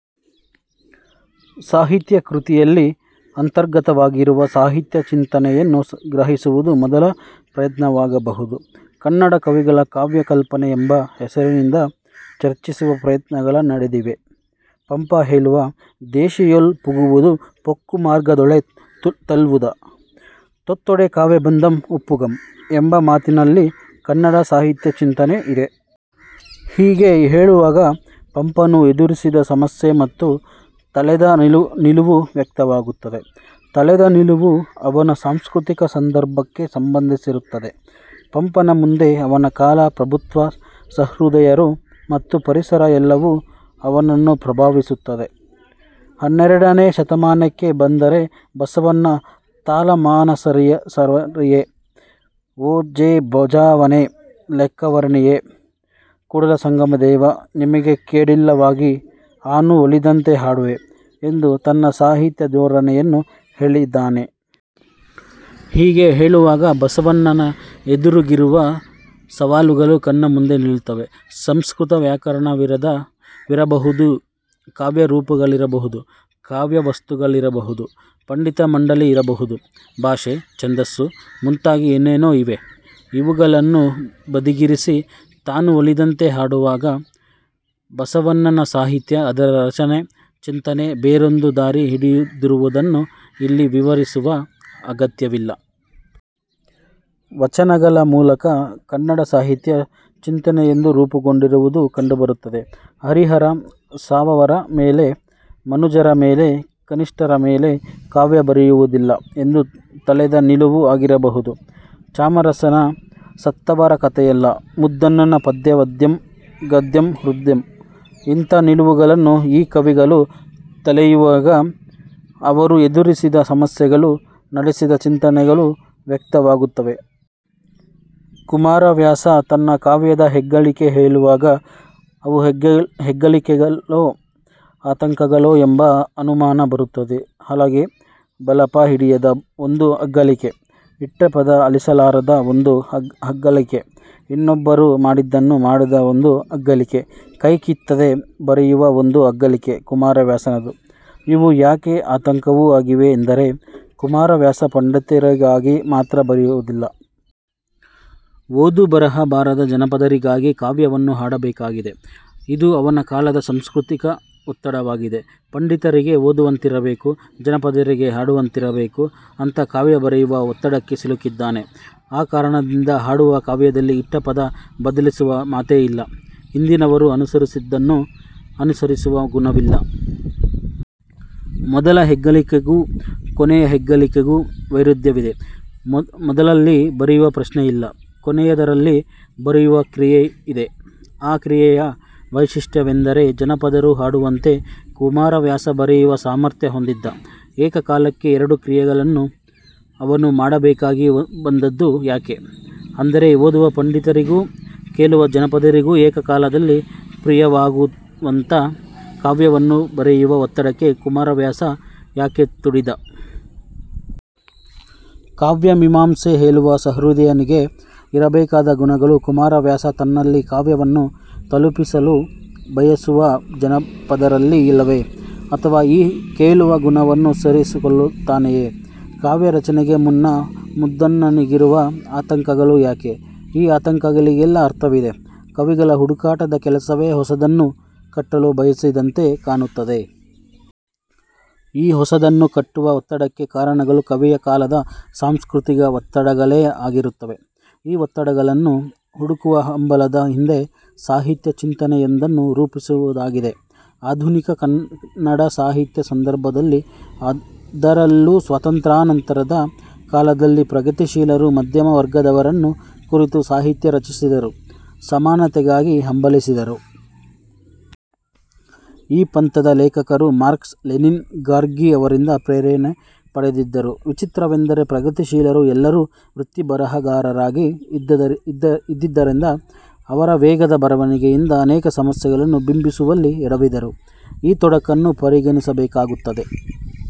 ಸಾಹಿತ್ಯ ಕೃತಿಯಲ್ಲಿ ಅಂತರ್ಗತವಾಗಿರುವ ಸಾಹಿತ್ಯ ಚಿಂತನೆಯನ್ನು ಗ್ರಹಿಸುವುದು ಮೊದಲ ಪ್ರಯತ್ನವಾಗಬಹುದು. 'ಕನ್ನಡ ಕವಿಗಳ ಕಾವ್ಯ ಕಲ್ಪನೆ' ಎಂಬ ಹೆಸರಿನಿಂದ ಚರ್ಚಿಸುವ ಪ್ರಯತ್ನಗಳ ನಡೆದಿವೆ. ಪಂಪ ಹೇಳುವ 'ದೇಶಿಯೊಳ್ ಪುಗುವುದು ಪೊಕ್ಕು ಮಾರ್ಗದೊಳೆ ತಳ್ವುದು. ತತ್ತೊಡೆ ಕಾವ್ಯಬಂಧಂ ಒಪ್ಪುಗಂ' ಎಂಬ ಮಾತಿನಲ್ಲಿ ಕನ್ನಡ ಸಾಹಿತ್ಯ ಚಿಂತನೆ ಇದೆ. ಹೀಗೆ ಹೇಳುವಾಗ ಪಂಪನು ಎದುರಿಸಿದ ಸಮಸ್ಯೆ ಮತ್ತು ತಳೆದ ನಿಲುವು ವ್ಯಕ್ತವಾಗುತ್ತದೆ. ತಳೆದ ನಿಲುವು ಅವನ ಸಾಂಸ್ಕೃತಿಕ ಸಂದರ್ಭಕ್ಕೆ ಸಂಬಂಧಿಸಿರುತ್ತದೆ. ಪಂಪನ ಮುಂದೆ ಅವನ ಕಾಲ, ಪ್ರಭುತ್ವ, ಸಹೃದಯರು ಮತ್ತು ಪರಿಸರ ಎಲ್ಲವೂ ಅವನನ್ನು ಪ್ರಭಾವಿಸಿರುತ್ತದೆ. ಹನ್ನೆರಡನೇ ಶತಮಾನಕ್ಕೆ ಬಂದರೆ ಬಸವಣ್ಣ 'ತಾಳಮಾನಸರಿಸವನರಿಯೆ, ಓಜೆಬಜಾವಣೆ ಲೆಕ್ಕವನರಿಯೆ, ಕೂಡಲ ಸಂಗಮದೇವಾ, ನಿಮಗೆ ಕೇಡಿಲ್ಲವಾಗಿ ಆನು ಒಲಿದಂತೆ ಹಾಡುವೆ' ಎಂದು ತನ್ನ ಸಾಹಿತ್ಯ ಧೋರಣೆಯನ್ನು ಹೇಳಿದ್ದಾನೆ. ಹೀಗೆ ಹೇಳುವಾಗ ಬಸವಣ್ಣನ ಎದುರಿಗಿರುವ ಸವಾಲುಗಳು ಕಣ್ಣ ಮುಂದೆ ನಿಲ್ಲುತ್ತವೆ. ಸಂಸ್ಕೃತ ವ್ಯಾಕರಣವಿರ ಬಹುದು, ಕಾವ್ಯ ರೂಪಗಳಿರಬಹುದು. ಕಾವ್ಯ ವಸ್ತುಗಳಿರಬಹುದು. ಪಂಡಿತ ಮಂಡಳಿ ಇರಬಹುದು. ಭಾಷೆ, ಛಂದಸ್ಸು ಮುಂತಾಗಿ ಏನೇನೋ ಇವೆ. ಇವುಗಳನ್ನು ಬದಿಗಿರಿಸಿ 'ತಾನು ಒಲಿದಂತೆ ಹಾಡುವಾಗ' ಬಸವಣ್ಣನ ಸಾಹಿತ್ಯ, ಅದರ ರಚನೆ, ಚಿಂತನೆ ಬೇರೊಂದು ದಾರಿ ಹಿಡಿದಿರುವುದನ್ನು ಇಲ್ಲಿ ವಿವರಿಸುವ ಅಗತ್ಯವಿಲ್ಲ. ವಚನಗಳ ಮೂಲಕ ಕನ್ನಡ ಸಾಹಿತ್ಯ ಚಿಂತನೆಯೊಂದು ರೂಪುಗೊಂಡಿರುವುದು ಕಂಡುಬರುತ್ತದೆ. ಹರಿಹರ 'ಸಾವವರ ಮೇಲೆ ಮನುಜರ ಮೇಲೆ, ಕನಿಷ್ಠರ ಮೇಲೆ' ಕಾವ್ಯ ಬರೆಯುವುದಿಲ್ಲ ಎಂದು ತಳೆದ ನಿಲುವು ಆಗಿರಬಹುದು. ಚಾಮರಸನ 'ಸತ್ತವರ ಕಥೆಯಲ್ಲ.. ' ಮುದ್ದಣನ 'ಪದ್ಯ ವದ್ಯಂ, ಗದ್ಯಂ ಹೃದ್ಯಂ. ' ಇಂಥ ನಿಲುವುಗಳನ್ನು ಈ ಕವಿಗಳು ತಳೆಯುವಾಗ ಅವರು ಎದುರಿಸಿದ ಸಮಸ್ಯೆಗಳು, ನಡೆಸಿದ ಚಿಂತನೆಗಳು ವ್ಯಕ್ತವಾಗುತ್ತವೆ. ಕುಮಾರವ್ಯಾಸ ತನ್ನ ಕಾವ್ಯದ ಹೆಗ್ಗಳಿಕೆ ಹೇಳುವಾಗ, ಅವು ಹೆಗ್ಗಳಿಕೆಗಳೋ ಆತಂಕಗಳೋ ಎಂಬ ಅನುಮಾನ ಬರುತ್ತದೆ. ಹಲಗೆ, ಬಳಪ ಹಿಡಿಯದ ಒಂದು ಅಗ್ಗಳಿಕೆ, ಇಟ್ಟ ಪದ ಅಳಿಸಲಾರದ ಒಂದು ಅಗ್ಗಳಿಕೆ, ಇನ್ನೊಬ್ಬರು ಮಾಡಿದ್ದನ್ನು ಮಾಡದ ಒಂದು ಅಗ್ಗಳಿಕೆ, ಕೈ ಕಿತ್ತದೆ ಬರೆಯುವ ಒಂದು ಅಗ್ಗಳಿಕೆ ಕುಮಾರವ್ಯಾಸನದು. ಇವು ಯಾಕೆ ಆತಂಕವೂ ಆಗಿವೆ ಎಂದರೆ, ಕುಮಾರವ್ಯಾಸ ಪಂಡಿತರಿಗಾಗಿ ಮಾತ್ರ ಬರೆಯುವುದಿಲ್ಲ. ಓದು ಬರಹ ಬಾರದ ಜನಪದರಿಗಾಗಿ ಕಾವ್ಯವನ್ನು ಹಾಡಬೇಕಾಗಿದೆ. ಇದು ಅವನ ಕಾಲದ ಸಾಂಸ್ಕೃತಿಕ ಒತ್ತಡವಾಗಿದೆ. ಪಂಡಿತರಿಗೆ ಓದುವಂತಿರಬೇಕು. ಜನಪದರಿಗೆ ಹಾಡುವಂತಿರಬೇಕು. ಅಂಥ ಕಾವ್ಯ ಬರೆಯುವ ಒತ್ತಡಕ್ಕೆ ಸಿಲುಕಿದ್ದಾನೆ. ಆ ಕಾರಣದಿಂದ ಹಾಡುವ ಕಾವ್ಯದಲ್ಲಿ ಇಟ್ಟ ಪದ ಬದಲಿಸುವ ಮಾತೇ ಇಲ್ಲ. ಹಿಂದಿನವರು ಅನುಸರಿಸಿದ್ದನ್ನು ಅನುಸರಿಸುವ ಗುಣವಿಲ್ಲ. ಮೊದಲ ಹೆಗ್ಗಳಿಕೆಗೂ ಕೊನೆಯ ಹೆಗ್ಗಳಿಕೆಗೂ ವೈರುಧ್ಯವಿದೆ. ಮೊದಲಲ್ಲಿ ಬರೆಯುವ ಪ್ರಶ್ನೆಯಿಲ್ಲ. ಕೊನೆಯದರಲ್ಲಿ ಬರೆಯುವ ಕ್ರಿಯೆ ಇದೆ. ಆ ಕ್ರಿಯೆಯ ವೈಶಿಷ್ಟ್ಯವೆಂದರೆ ಜನಪದರು ಹಾಡುವಂತೆ ಕುಮಾರವ್ಯಾಸ ಬರೆಯುವ ಸಾಮರ್ಥ್ಯ ಹೊಂದಿದ್ದ. ಏಕಕಾಲಕ್ಕೆ ಎರಡು ಕ್ರಿಯೆಗಳನ್ನು ಅವನು ಮಾಡಬೇಕಾಗಿ ಬಂದದ್ದು ಯಾಕೆ? ಅಂದರೆ ಓದುವ ಪಂಡಿತರಿಗೂ, ಕೇಳುವ ಜನಪದರಿಗೂ ಏಕಕಾಲದಲ್ಲಿ ಪ್ರಿಯವಾಗುವಂಥ ಕಾವ್ಯವನ್ನು ಬರೆಯುವ ಒತ್ತಡಕ್ಕೆ ಕುಮಾರವ್ಯಾಸ ಯಾಕೆ ತುಡಿದ? ಕಾವ್ಯ ಮೀಮಾಂಸೆ ಹೇಳುವ ಸಹೃದಯನಿಗೆ ಇರಬೇಕಾದ ಗುಣಗಳು ಕುಮಾರವ್ಯಾಸ ತನ್ನ ಕಾವ್ಯವನ್ನು ತಲುಪಿಸಲು ಬಯಸುವ ಜನಪದರಲ್ಲಿ ಇಲ್ಲವೇ? ಅಥವಾ ಈ ಕೇಳುವ ಗುಣವನ್ನು ಸೇರಿಕೊಳ್ಳು ತ್ತಾನೆಯೇ? ಕಾವ್ಯ ರಚನೆಗೆ ಮುನ್ನ ಮುದ್ದಣನಿಗಿರುವ ಆತಂಕಗಳು ಯಾಕೆ? ಈ ಆತಂಕಗಳಿಗೆಲ್ಲ ಅರ್ಥವಿದೆ. ಕವಿಗಳ ಹುಡುಕಾಟದ ಕೆಲಸವೇ ಹೊಸದನ್ನು ಕಟ್ಟಲು ಬಯಸಿದಂತೆ ಕಾಣುತ್ತದೆ. ಈ ಹೊಸದನ್ನು ಕಟ್ಟುವ ಒತ್ತಡಕ್ಕೆ ಕಾರಣಗಳು ಕವಿಯ ಕಾಲದ ಸಾಂಸ್ಕೃತಿಕ ಒತ್ತಡಗಳೇ ಆಗಿರುತ್ತವೆ. ಈ ಒತ್ತಡಗಳನ್ನು ಹುಡುಕುವ ಹಂಬಲದ ಹಿಂದೆ ಸಾಹಿತ್ಯ ಚಿಂತನೆಯೊಂದನ್ನು ರೂಪಿಸುವುದಾಗಿದೆ. ಆಧುನಿಕ ಕನ್ನಡ ಸಾಹಿತ್ಯ ಸಂದರ್ಭದಲ್ಲಿ ಅದರಲ್ಲೂ ಸ್ವಾತಂತ್ರ್ಯಾನಂತರದ ಕಾಲದಲ್ಲಿ ಪ್ರಗತಿಶೀಲರು ಮಧ್ಯಮ ವರ್ಗದವರನ್ನು ಕುರಿತು ಸಾಹಿತ್ಯ ರಚಿಸಿದರು. ಸಮಾನತೆಗಾಗಿ ಹಂಬಲಿಸಿದರು. ಈ ಪಂಥದ ಲೇಖಕರು ಮಾರ್ಕ್ಸ್, ಲೆಲಿನ್, ಗಾರ್ಗಿ ಅವರಿಂದ ಪ್ರೇರಣೆ ಪಡೆದಿದ್ದರು. ವಿಚಿತ್ರವೆಂದರೆ ಪ್ರಗತಿಶೀಲರು ಎಲ್ಲರೂ ವೃತ್ತಿ ಬರಹಗಾರರಾಗಿ ಇದ್ದಿದ್ದರಿಂದ ಅವರ ವೇಗದ ಬರವಣಿಗೆಯಿಂದ ಅನೇಕ ಸಮಸ್ಯೆಗಳನ್ನು ಬಿಂಬಿಸುವಲ್ಲಿ ಎಡವಿದರು. ಈ ತೊಡಕನ್ನು ಪರಿಗಣಿಸಬೇಕಾಗುತ್ತದೆ.